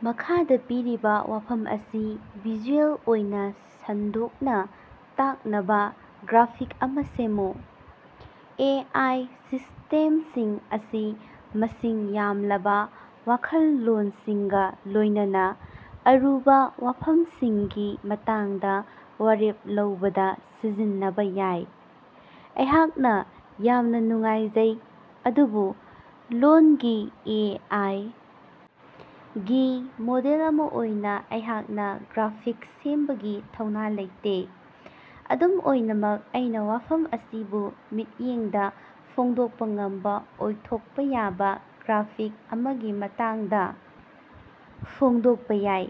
ꯃꯈꯥꯗ ꯄꯤꯔꯤꯕ ꯋꯥꯐꯝ ꯑꯁꯤ ꯚꯤꯖꯨꯑꯦꯜ ꯑꯣꯏꯅ ꯁꯟꯗꯣꯛꯅ ꯇꯥꯛꯅꯕ ꯒ꯭ꯔꯥꯐꯤꯛ ꯑꯃ ꯁꯦꯝꯃꯨ꯫ ꯑꯦ. ꯑꯥꯏ. ꯁꯤꯁ꯭ꯇꯦꯃꯁꯤꯡ ꯑꯁꯤ ꯃꯁꯤꯡ ꯌꯥꯝꯂꯕ ꯋꯥꯈꯜꯂꯣꯅꯁꯤꯡꯒ ꯂꯣꯏꯅꯅ ꯑꯔꯨꯕ ꯋꯥꯐꯝꯁꯤꯡꯒꯤ ꯃꯇꯥꯡꯗ ꯋꯥꯔꯦꯞ ꯂꯧꯕꯗ ꯁꯤꯖꯤꯟꯅꯕ ꯌꯥꯏ꯫ ꯑꯩꯍꯥꯛꯅ ꯌꯥꯝꯅ ꯅꯨꯡꯉꯥꯏꯖꯩ, ꯑꯗꯨꯕꯨ ꯂꯣꯜꯒꯤ ꯑꯦ. ꯑꯥꯏ. ꯒꯤ ꯃꯣꯗꯦꯜ ꯑꯃ ꯑꯣꯏꯅ ꯑꯩꯍꯥꯛꯅ ꯒ꯭ꯔꯥꯐꯤꯛꯁ ꯁꯦꯝꯕꯒꯤ ꯊꯧꯅ ꯂꯩꯇꯦ꯫ ꯑꯗꯨꯝ ꯑꯣꯏꯅꯃꯛ, ꯑꯩꯅ ꯋꯥꯐꯝ ꯑꯁꯤꯕꯨ ꯃꯤꯠꯌꯦꯡꯗ ꯐꯣꯡꯗꯣꯛꯄ ꯉꯝꯕ ꯑꯣꯏꯊꯣꯛꯄ ꯌꯥꯕ ꯒ꯭ꯔꯥꯐꯤꯛ ꯑꯃꯒꯤ ꯃꯇꯥꯡꯗ ꯐꯣꯡꯗꯣꯛꯄ ꯌꯥꯏ꯫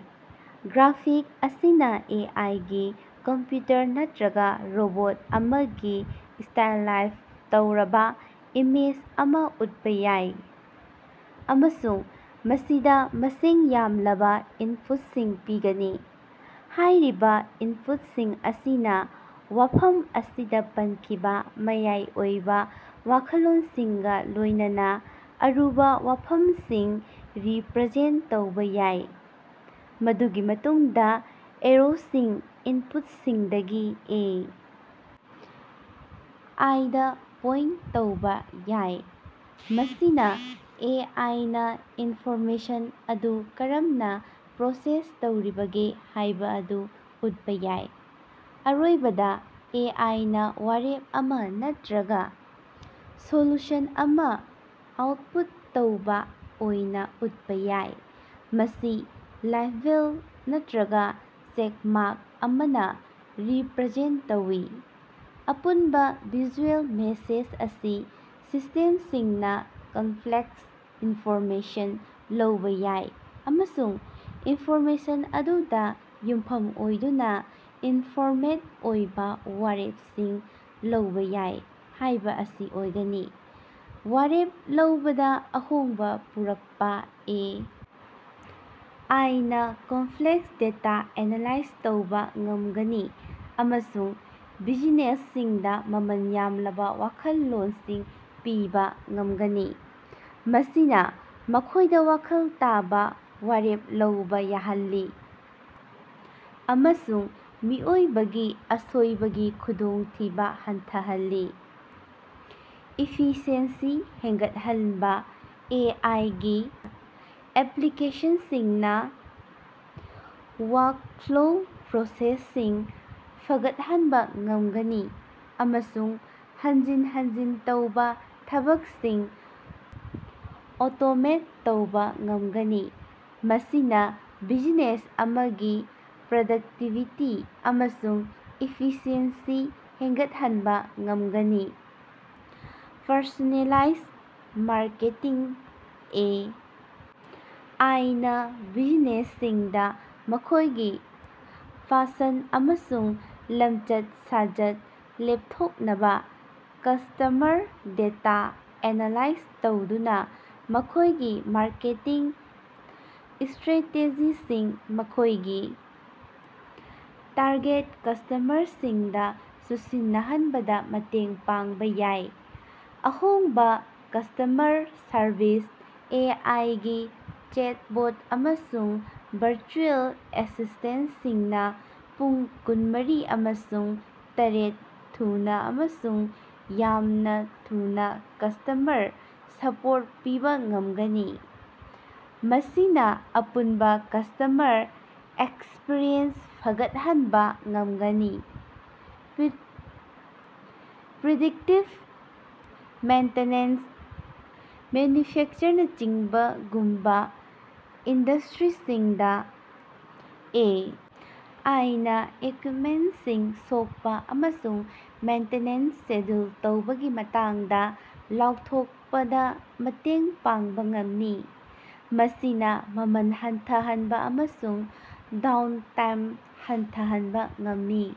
ꯒ꯭ꯔꯥꯐꯤꯛ ꯑꯁꯤꯅ ꯑꯦ. ꯑꯥꯏ. ꯒꯤ ꯀꯝꯞꯌꯨꯇꯔ ꯅꯠꯇ꯭ꯔꯒꯥ ꯔꯣꯕꯣꯠ ꯑꯃꯒꯤ ꯏꯁ꯭ꯇꯥꯏꯂꯥꯏꯖ ꯇꯧꯔꯕ ꯏꯃꯦꯖ ꯑꯃ ꯎꯠꯄ ꯌꯥꯏ ꯑꯃꯁꯨꯡ ꯃꯁꯤꯗ ꯃꯁꯤꯡ ꯌꯥꯝꯂꯕ ꯏꯟꯄꯨꯠꯁꯤꯡ ꯄꯤꯒꯅꯤ꯫ ꯍꯥꯏꯔꯤꯕ ꯏꯟꯄꯨꯠꯁꯤꯡ ꯑꯁꯤꯅ ꯋꯥꯐꯝ ꯑꯁꯤꯗ ꯄꯟꯈꯤꯕ ꯃꯌꯥꯏ ꯑꯣꯏꯕ ꯋꯥꯈꯜꯂꯣꯅꯁꯤꯡꯒ ꯂꯣꯏꯅꯅ ꯑꯔꯨꯕ ꯋꯥꯐꯝꯁꯤꯡ ꯔꯤꯄꯔꯖꯦꯟꯇ ꯇꯧꯕ ꯌꯥꯏ꯫ ꯃꯗꯨꯒꯤ ꯃꯇꯨꯡꯗ ꯑꯦꯔꯣꯁꯤꯡꯅ ꯏꯟꯄꯨꯠꯁꯤꯡꯗꯒꯤ ꯑꯦ. ꯑꯥꯏ. ꯗ ꯄꯣꯏꯟꯇ ꯇꯧꯕ ꯌꯥꯏ, ꯃꯁꯤꯅ ꯑꯦ. ꯑꯥꯏ. ꯅ ꯏꯟꯐꯣꯔꯃꯦꯁꯟ ꯑꯗꯨ ꯀꯔꯝꯅ ꯄ꯭ꯔꯣꯁꯦꯁ ꯇꯧꯔꯤꯕꯒꯦ ꯍꯥꯏꯕꯗꯨ ꯎꯠꯄ ꯌꯥꯏ꯫ ꯑꯔꯣꯏꯕꯗ, ꯑꯦ. ꯑꯥꯏ. ꯅ ꯋꯥꯔꯦꯞ ꯑꯃ ꯅꯠꯇ꯭ꯔꯒꯥ ꯁꯣꯂꯨꯁꯟ ꯑꯃ ꯑꯥꯎꯠꯄꯨꯠ ꯇꯧꯕ ꯑꯣꯏꯅ ꯎꯠꯄ ꯌꯥꯏ, ꯃꯁꯤ ꯂꯥꯏꯠꯕꯜ ꯅꯠꯇ꯭ꯔꯒꯥ ꯆꯦꯀꯃꯥꯔꯛ ꯑꯃꯅ ꯔꯤꯄꯔꯖꯦꯟꯇ ꯇꯧꯏ꯫ ꯑꯄꯨꯟꯕ ꯚꯤꯖꯨꯑꯦꯜ ꯃꯦꯁꯦꯖ ꯑꯁꯤ ꯁꯤꯁ꯭ꯇꯦꯝꯁꯤꯡꯅ ꯀꯝꯞꯂꯦꯛꯁ ꯏꯟꯐꯣꯔꯃꯦꯁꯟ ꯂꯧꯕ ꯌꯥꯏ ꯑꯃꯁꯨꯡ ꯏꯟꯐꯣꯔꯃꯦꯁꯟ ꯑꯗꯨꯗ ꯌꯨꯝꯐꯝ ꯑꯣꯏꯗꯨꯅ ꯏꯟꯐꯣꯔꯃꯦꯗ ꯑꯣꯏꯕ ꯋꯥꯔꯦꯞꯁꯤꯡ ꯂꯧꯕ ꯌꯥꯏ ꯍꯥꯏꯕꯁꯤ ꯑꯣꯏꯒꯅꯤ꯫ ꯋꯥꯔꯦꯞ ꯂꯧꯕꯗ ꯑꯍꯣꯡꯕ ꯄꯨꯔꯛꯄ: ꯑꯦ. ꯑꯥꯏ. ꯅ ꯀꯝꯞꯂꯦꯛꯁ ꯗꯦꯇꯥ ꯑꯦꯅꯥꯂꯥꯏꯖ ꯇꯧꯕ ꯉꯝꯒꯅꯤ ꯑꯃꯁꯨꯡ ꯕꯤꯖꯤꯅꯦꯁꯁꯤꯡꯗ ꯃꯃꯜ ꯌꯥꯝꯂꯕ ꯋꯥꯈꯜꯂꯣꯟꯁꯤꯡ ꯄꯤꯕ ꯉꯝꯒꯅꯤ, ꯃꯁꯤꯅ ꯃꯈꯣꯏꯗ ꯋꯥꯈꯜ ꯇꯥꯕ ꯋꯥꯔꯦꯞ ꯂꯧꯕ ꯌꯥꯍꯜꯂꯤ ꯑꯃꯁꯨꯡ ꯃꯤꯑꯣꯏꯕꯒꯤ ꯑꯁꯣꯏꯕꯒꯤ ꯈꯨꯗꯣꯡꯊꯤꯕ ꯍꯟꯊꯍꯜꯂꯤ꯫ ꯏꯐꯤꯁꯤꯑꯦꯟꯁꯤ ꯍꯦꯟꯒꯠꯍꯟꯕ: ꯑꯦ. ꯑꯥꯏ. ꯒꯤ ꯑꯦꯞꯂꯤꯀꯦꯁꯟꯁꯤꯡꯅ ꯋꯥꯔꯛꯐ꯭ꯂꯣ ꯄ꯭ꯔꯣꯁꯦꯁꯁꯤꯡ ꯐꯒꯠꯍꯟꯕ ꯉꯝꯒꯅꯤ ꯑꯃꯁꯨꯡ ꯍꯟꯖꯤꯟ ꯍꯟꯖꯤꯟ ꯇꯧꯕ ꯊꯕꯛꯁꯤꯡ ꯑꯣꯇꯣꯃꯦꯠ ꯇꯧꯕ ꯉꯝꯒꯅꯤ, ꯃꯁꯤꯅ ꯕꯤꯖꯤꯅꯦꯁ ꯑꯃꯒꯤ ꯄ꯭ꯔꯗꯛꯇꯤꯕꯤꯇꯤ ꯑꯃꯁꯨꯡ ꯏꯐꯤꯁꯤꯑꯦꯟꯁꯤ ꯍꯦꯟꯒꯠꯍꯟꯕ ꯉꯝꯒꯅꯤ꯫ Personalise marketing: A. ꯑꯥꯏ. ꯅ ꯕꯤꯖꯤꯅꯦꯁꯁꯤꯡꯗ ꯃꯈꯣꯏꯒꯤ ꯄꯁꯟꯗ ꯑꯃꯁꯨꯡ ꯂꯃꯆꯠ-ꯁꯥꯖꯠ ꯂꯦꯞꯊꯣꯛꯅꯕ ꯀꯁ꯭ꯇꯃꯔ ꯗꯦꯇꯥ ꯑꯦꯅꯥꯂꯥꯏꯖ ꯇꯧꯗꯨꯅ ꯃꯈꯣꯏꯒꯤ ꯃꯥꯔꯀꯦꯇꯤꯡ ꯏꯁ꯭ꯇꯔꯦꯇꯦꯖꯤꯁꯤꯡ ꯃꯈꯣꯏꯒꯤ ꯇꯥꯔꯒꯦꯠ ꯀꯁ꯭ꯇꯃꯔꯁꯤꯡꯒ ꯆꯨꯁꯤꯟꯅꯍꯟꯕꯗ ꯃꯇꯦꯡ ꯄꯥꯡꯕ ꯌꯥꯏ꯫ ꯑꯍꯣꯡꯕ ꯀꯁ꯭ꯇꯃꯔ ꯁꯔꯕꯤꯁ: ꯑꯦ. ꯑꯥꯏ. ꯒꯤ ꯆꯦꯠꯕꯣꯠ ꯑꯃꯁꯨꯡ ꯚꯔꯆꯨꯑꯦꯜ ꯑꯦꯁꯤꯁ꯭ꯇꯦꯟꯇꯁꯤꯡꯅ ꯄꯨꯡ ꯀꯨꯟꯃꯔꯤ ꯑꯃꯁꯨꯡ ꯇꯔꯦꯠ ꯊꯨꯅ ꯑꯃꯁꯨꯡ ꯌꯥꯝꯅ ꯊꯨꯅ ꯀꯁ꯭ꯇꯃꯔ ꯁꯄꯣꯔꯠ ꯄꯤꯕ ꯉꯝꯒꯅꯤ, ꯃꯁꯤꯅ ꯑꯄꯨꯟꯕ ꯀꯁ꯭ꯇꯃꯔ ꯑꯦꯛꯁꯄꯔꯤꯌꯦꯟꯁ ꯐꯒꯠꯍꯟꯕ ꯉꯝꯒꯅꯤ꯫ ꯄ꯭ꯔꯤꯗꯤꯛꯇꯤꯚ ꯃꯦꯟꯇꯦꯅꯦꯟꯁ: ꯃꯦꯅꯌꯨꯐꯦꯛꯆꯔꯤꯡꯒꯨꯝꯕ ꯏꯟꯗꯁ꯭ꯇꯔꯤꯁꯤꯡꯗ, ꯑꯦ. ꯑꯥꯏ. ꯅ ꯏꯀꯌꯨꯏꯞꯃꯦꯟꯇꯁꯤꯡ ꯁꯣꯛꯄ ꯑꯃꯁꯨꯡ ꯃꯦꯟꯇꯦꯅꯦꯟꯁ ꯁꯦꯗ꯭ꯌꯨꯜ ꯇꯧꯕꯒꯤ ꯃꯇꯥꯡꯗ ꯂꯥꯎꯊꯣꯛꯄꯗ ꯃꯇꯦꯡ ꯄꯥꯡꯕ ꯉꯝꯃꯤ, ꯃꯁꯤꯅ ꯃꯃꯜ ꯍꯟꯊꯍꯟꯕ ꯑꯃꯁꯨꯡ ꯗꯣꯎꯟꯇꯥꯏꯝ ꯍꯟꯊꯍꯟꯕ ꯉꯝꯃꯤ꯫